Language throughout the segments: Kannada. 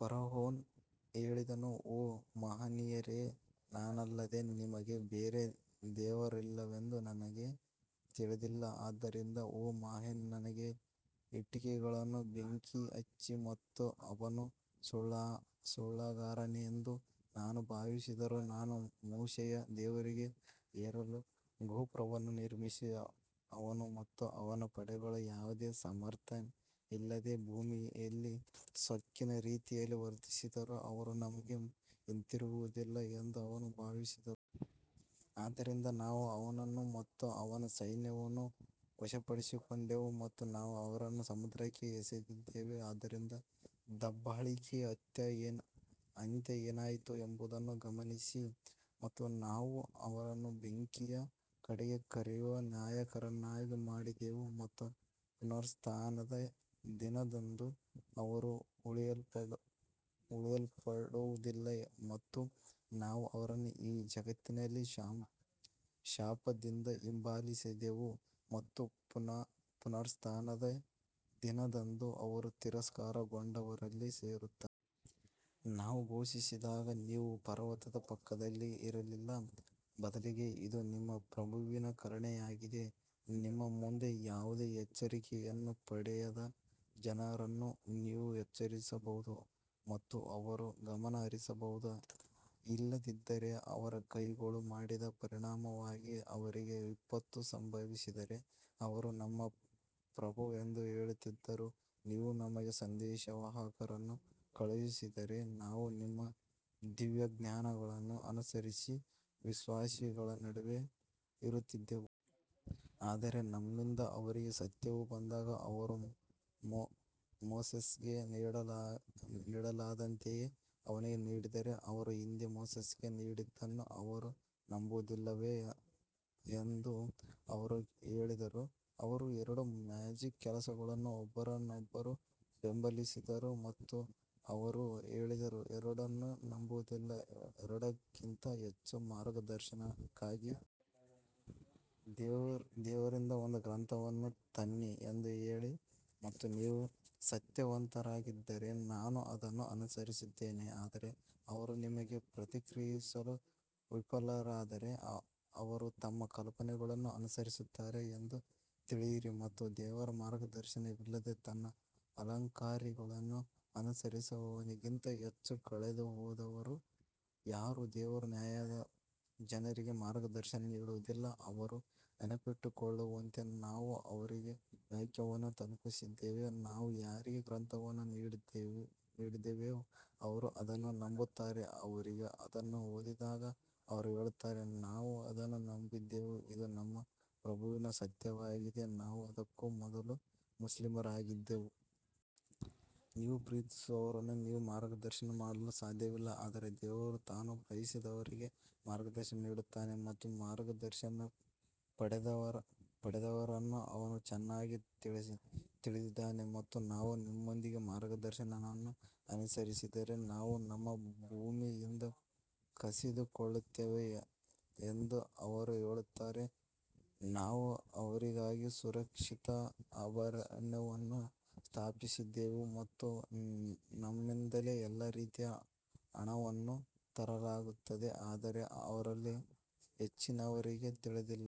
ಫರೋಹನು ಹೇಳಿದನು ಓ ಮಹನೀಯರೇ, ನಾನಲ್ಲದೆ ನಿಮಗೆ ಬೇರೆ ದೇವರಿಲ್ಲವೆಂದು ನನಗೆ ತಿಳಿದಿಲ್ಲ, ಆದ್ದರಿಂದ ಓ ಹಾಮಾನ್ ನನಗೆ ಇಟ್ಟಿಗೆಗಳನ್ನು ಬೆಂಕಿ ಹಚ್ಚಿ ಮತ್ತು ಅವನು ಸುಳ್ಳುಗಾರನೆಂದು ನಾನು ಭಾವಿಸಿದರೂ ನಾನು ಮೋಶೆಯ ದೇವರಿಗೆ ಏರಲು ಗೋಪುರವನ್ನು ನಿರ್ಮಿಸಿ ಅವನು ಮತ್ತು ಅವನ ಪಡೆಗಳು ಯಾವುದೇ ಸಮರ್ಥನೆಯಿಲ್ಲದೆ ಭೂಮಿಯಲ್ಲಿ ಸೊಕ್ಕಿನ ರೀತಿಯಲ್ಲಿ ವರ್ತಿಸಿದರು, ಅವರು ನಮಗೆ ಹಿಂತಿರುಗುವುದಿಲ್ಲ ಎಂದು ಅವರು ಭಾವಿಸಿದರು. ಆದ್ದರಿಂದ ನಾವು ಅವನನ್ನು ಮತ್ತು ಅವನ ಸೈನ್ಯವನ್ನು ವಶಪಡಿಸಿಕೊಂಡೆವು ಮತ್ತು ನಾವು ಅವರನ್ನು ಸಮುದ್ರಕ್ಕೆ ಎಸೆದಿದ್ದೇವೆ ಆದ್ದರಿಂದ ದಬ್ಬಾಳಿಕೆಯ ಅಂತ್ಯ ಏನಾಯಿತು ಎಂಬುದನ್ನು ಗಮನಿಸಿ ಮತ್ತು ನಾವು ಅವರನ್ನು ಬೆಂಕಿಯ ಕಡೆಗೆ ಕರೆಯುವ ನಾಯಕರನ್ನಾಗಿ ಮಾಡಿದೆವು ಮತ್ತು ಪುನರುತ್ಥಾನದ ದಿನದಂದು ಅವರು ಉಳಿಸಲ್ಪಡುವುದಿಲ್ಲ ಮತ್ತು ನಾವು ಅವರನ್ನು ಈ ಜಗತ್ತಿನಲ್ಲಿ ಶಾಪದಿಂದ ಹಿಂಬಾಲಿಸಿದೆವು ಮತ್ತು ಪುನರುತ್ಥಾನದ ದಿನದಂದು ಅವರು ತಿರಸ್ಕಾರಗೊಂಡವರಲ್ಲಿ ಸೇರುತ್ತಾರೆ. ನಾವು ಘೋಷಿಸಿದಾಗ ನೀವು ಪರ್ವತದ ಪಕ್ಕದಲ್ಲಿ ಇರಲಿಲ್ಲ, ಬದಲಿಗೆ ಇದು ನಿಮ್ಮ ಪ್ರಭುವಿನ ಕರುಣೆಯಾಗಿದೆ, ನಿಮ್ಮ ಮುಂದೆ ಯಾವುದೇ ಎಚ್ಚರಿಕೆಯನ್ನು ಪಡೆಯದ ಜನರನ್ನು ನೀವು ಎಚ್ಚರಿಸಬಹುದು ಮತ್ತು ಅವರು ಗಮನಹರಿಸಬಹುದು. ಇಲ್ಲದಿದ್ದರೆ ಅವರ ಕೈಗಳು ಮಾಡಿದ ಪರಿಣಾಮವಾಗಿ ಅವರಿಗೆ ವಿಪತ್ತು ಸಂಭವಿಸಿದರೆ ಅವರು ನಮ್ಮ ಪ್ರಭು ಎಂದು ಹೇಳುತ್ತಿದ್ದರು, ನೀವು ನಮಗೆ ಸಂದೇಶವಾಹಕರನ್ನು ಕಳುಹಿಸಿದ್ದರೆ ನಾವು ನಿಮ್ಮ ದಿವ್ಯಜ್ಞಾನಗಳನ್ನು ಅನುಸರಿಸಿ ವಿಶ್ವಾಸಿಗಳ ನಡುವೆ ಇರುತ್ತಿದ್ದೆವು. ಆದರೆ ನಮ್ಮಿಂದ ಅವರಿಗೆ ಸತ್ಯವು ಬಂದಾಗ ಅವರು ಮೋಸೆಸ್ಗೆ ನೀಡಲಾದಂತೆಯೇ ಅವನಿಗೆ ನೀಡಿದರೆ ಅವರು ಹಿಂದೆ ಮೋಸೆಸ್ಗೆ ನೀಡಿದ್ದನ್ನು ಅವರು ನಂಬುವುದಿಲ್ಲವೇ ಎಂದು ಅವರು ಹೇಳಿದರು ಅವರು ಎರಡು ಮ್ಯಾಜಿಕ್ ಕೆಲಸಗಳನ್ನು ಒಬ್ಬರನ್ನೊಬ್ಬರು ಬೆಂಬಲಿಸಿದರು ಮತ್ತು ಅವರು ಹೇಳಿದರು. ಎರಡನ್ನೂ ನಂಬುವುದಿಲ್ಲ ಎರಡಕ್ಕಿಂತ ಹೆಚ್ಚು ಮಾರ್ಗದರ್ಶನಕ್ಕಾಗಿ ದೇವರಿಂದ ಒಂದು ಗ್ರಂಥವನ್ನು ತನ್ನಿ ಎಂದು ಹೇಳಿ ಮತ್ತು ನೀವು ಸತ್ಯವಂತರಾಗಿದ್ದರೆ ನಾನು ಅದನ್ನು ಅನುಸರಿಸುತ್ತೇನೆ ಆದರೆ ಅವರು ನಿಮಗೆ ಪ್ರತಿಕ್ರಿಯಿಸಲು ವಿಫಲರಾದರೆ ಅವರು ತಮ್ಮ ಕಲ್ಪನೆಗಳನ್ನು ಅನುಸರಿಸುತ್ತಾರೆ ಎಂದು ತಿಳಿಯಿರಿ ಮತ್ತು ದೇವರ ಮಾರ್ಗದರ್ಶನವಿಲ್ಲದೆ ತನ್ನ ಅಲಂಕಾರಿಕವನ್ನು ಅನುಸರಿಸುವವನಿಗಿಂತ ಹೆಚ್ಚು ಕಳೆದುಹೋದವರು ಯಾರು ದೇವರು ಅನ್ಯಾಯದ ಜನರಿಗೆ ಮಾರ್ಗದರ್ಶನ ನೀಡುವುದಿಲ್ಲ ಅವರು ನೆನಪಿಟ್ಟುಕೊಳ್ಳುವಂತೆ ನಾವು ಅವರಿಗೆ ವಾಕ್ಯವನ್ನು ತಲುಪಿಸಿದ್ದೇವೆ ನಾವು ಯಾರಿಗೆ ಗ್ರಂಥವನ್ನು ನೀಡಿದ್ದೇವೆಯೋ ಅವರು ಅದನ್ನು ನಂಬುತ್ತಾರೆ ಅವರಿಗೆ ಅದನ್ನು ಓದಿದಾಗ ಅವರು ಹೇಳುತ್ತಾರೆ ನಾವು ಅದನ್ನು ನಂಬಿದ್ದೇವೆ ಇದು ನಮ್ಮ ಪ್ರಭುವಿನ ಸತ್ಯವಾಗಿದೆ ನಾವು ಅದಕ್ಕೂ ಮೊದಲು ಮುಸ್ಲಿಮರಾಗಿದ್ದೆವು. ನೀವು ಪ್ರೀತಿಸುವವರನ್ನು ನೀವು ಮಾರ್ಗದರ್ಶನ ಮಾಡಲು ಸಾಧ್ಯವಿಲ್ಲ ಆದರೆ ದೇವರು ತಾನು ಬಯಸಿದವರಿಗೆ ಮಾರ್ಗದರ್ಶನ ನೀಡುತ್ತಾನೆ ಮತ್ತು ಮಾರ್ಗದರ್ಶನ ಪಡೆದವರನ್ನು ಅವನು ಚೆನ್ನಾಗಿ ತಿಳಿದಿದ್ದಾನೆ ಮತ್ತು ನಾವು ನಿಮ್ಮೊಂದಿಗೆ ಮಾರ್ಗದರ್ಶನವನ್ನು ಅನುಸರಿಸಿದರೆ ನಾವು ನಮ್ಮ ಭೂಮಿಯಿಂದ ಕಸಿದುಕೊಳ್ಳುತ್ತೇವೆ ಎಂದು ಅವರು ಹೇಳುತ್ತಾರೆ, ನಾವು ಅವರಿಗಾಗಿ ಸುರಕ್ಷಿತ ಅಭಯಾರಣ್ಯವನ್ನು ಸ್ಥಾಪಿಸಿದ್ದೇವೆಯೇ ಮತ್ತು ನಮ್ಮಿಂದಲೇ ಎಲ್ಲಾ ರೀತಿಯ ಹಣ್ಣುಗಳನ್ನು ತರಲಾಗುತ್ತದೆ ಆದರೆ ಅವರಲ್ಲಿ ಹೆಚ್ಚಿನವರಿಗೆ ತಿಳಿದಿಲ್ಲ.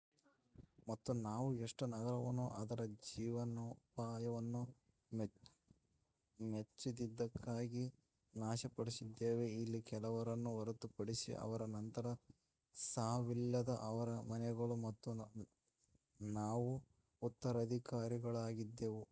ಮತ್ತು ನಾವು ಎಷ್ಟು ನಗರಗಳನ್ನು ಅದರ ಜೀವನೋಪಾಯವನ್ನು ಮೆಚ್ಚದಿದ್ದಕ್ಕಾಗಿ ನಾಶಪಡಿಸಿದ್ದೇವೆ ಇಲ್ಲಿ ಕೆಲವನ್ನು ಹೊರತುಪಡಿಸಿ ಅವರ ನಂತರ ಸವಿಲ್ಲದ ಅವರ ಮನೆಗಳು ಮತ್ತು ನಾವು ಉತ್ತರಾಧಿಕಾರಿಗಳಾಗಿದ್ದೇವೆ.